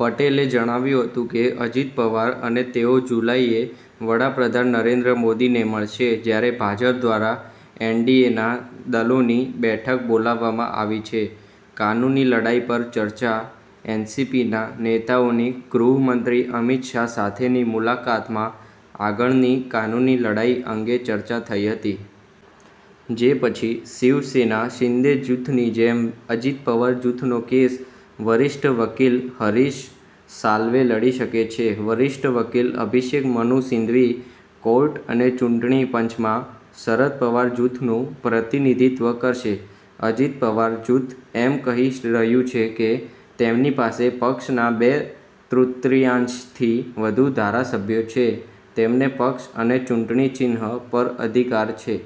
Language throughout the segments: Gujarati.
પટેલે જણાવ્યું હતું કે અજિત પવાર અને તેઓ જુલાઈએ વડા પ્રધાન નરેન્દ્ર મોદીને મળશે જ્યારે ભાજપ દ્વારા એનડીએના દળોની બેઠક બોલાવવામાં આવી છે. કાનૂની લડાઈ પર ચર્ચા એનસીપીના નેતાઓની ગૃહમંત્રી અમિત શાહ સાથેની મુલાકાતમાં આગળની કાનૂની લડાઈ અંગે ચર્ચા થઈ હતી. જે પછી શિવસેના શિંદે જૂથની જેમ અજિત પવાર જૂથનો કેસ વરિષ્ઠ વકીલ હરીશ સાલ્વે લડી શકે છે. વરિષ્ઠ વકીલ અભિષેક મનુ સિંઘવી કોર્ટ અને ચૂંટણી પંચમાં શરદ પવાર જૂથનું પ્રતિનિધિત્વ કરશે. અજિત પવાર જૂથ એમ કહી રહ્યું છે કે તેમની પાસે પક્ષના બે તૃતીયાંશથી વધુ ધારાસભ્યો છે, તેમને પક્ષ અને ચૂંટણી ચિહ્ન પર અધિકાર છે.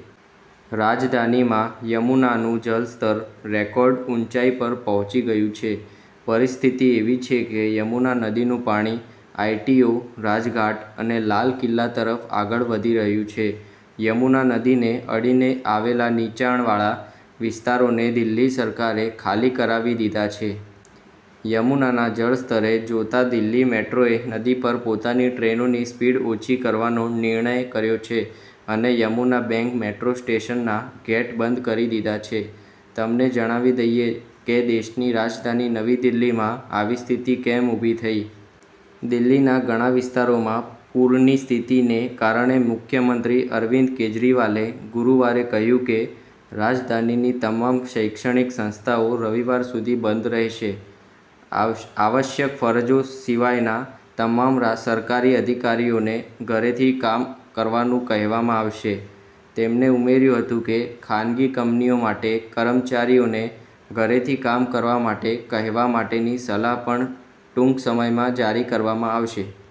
રાજધાનીમાં યમુનાનું જળ સ્તર રેકોર્ડ ઉંચાઇ પર પહોંચી ગયું છે. પરિસ્થિતિ એવી છે કે યમુના નદીનું પાણી આઈટીઓ, રાજઘાટ અને લાલ કિલ્લા તરફ આગળ વધી રહ્યું છે. યમુના નદીને અડીને આવેલા નીચાણવાળા વિસ્તારોને દિલ્હી સરકારે ખાલી કરાવી દીધા છે. યમુનાના જળસ્તરને જોતા દિલ્હી મેટ્રોએ નદી પર પોતાની ટ્રેનોની સ્પીડ ઓછી કરવાનો નિર્ણય કર્યો છે અને યમુના બેંક મેટ્રો સ્ટેશનના ગેટ બંધ કરી દીધા છે. તમને જણાવી દઈએ કે દેશની રાજધાની નવી દિલ્હીમાં આવી સ્થિતિ કેમ ઉભી થઈ. દિલ્હીના ઘણા વિસ્તારોમાં પૂરની સ્થિતિને કારણે મુખ્યમંત્રી અરવિંદ કેજરીવાલે ગુરુવારે કહ્યું કે રાજધાનીની તમામ શૈક્ષણિક સંસ્થાઓ રવિવાર સુધી બંધ રહેશે. આવશ્યક ફરજો સિવાયના તમામ સરકારી અધિકારીઓને ઘરેથી કામ કરવાનું કહેવામાં આવશે. તેમણે ઉમેર્યું હતું કે ખાનગી કંપનીઓ માટે કર્મચારીઓને ઘરેથી કામ કરવા માટે કહેવા માટેની સલાહ પણ ટૂંક સમયમાં જારી કરવામાં આવશે.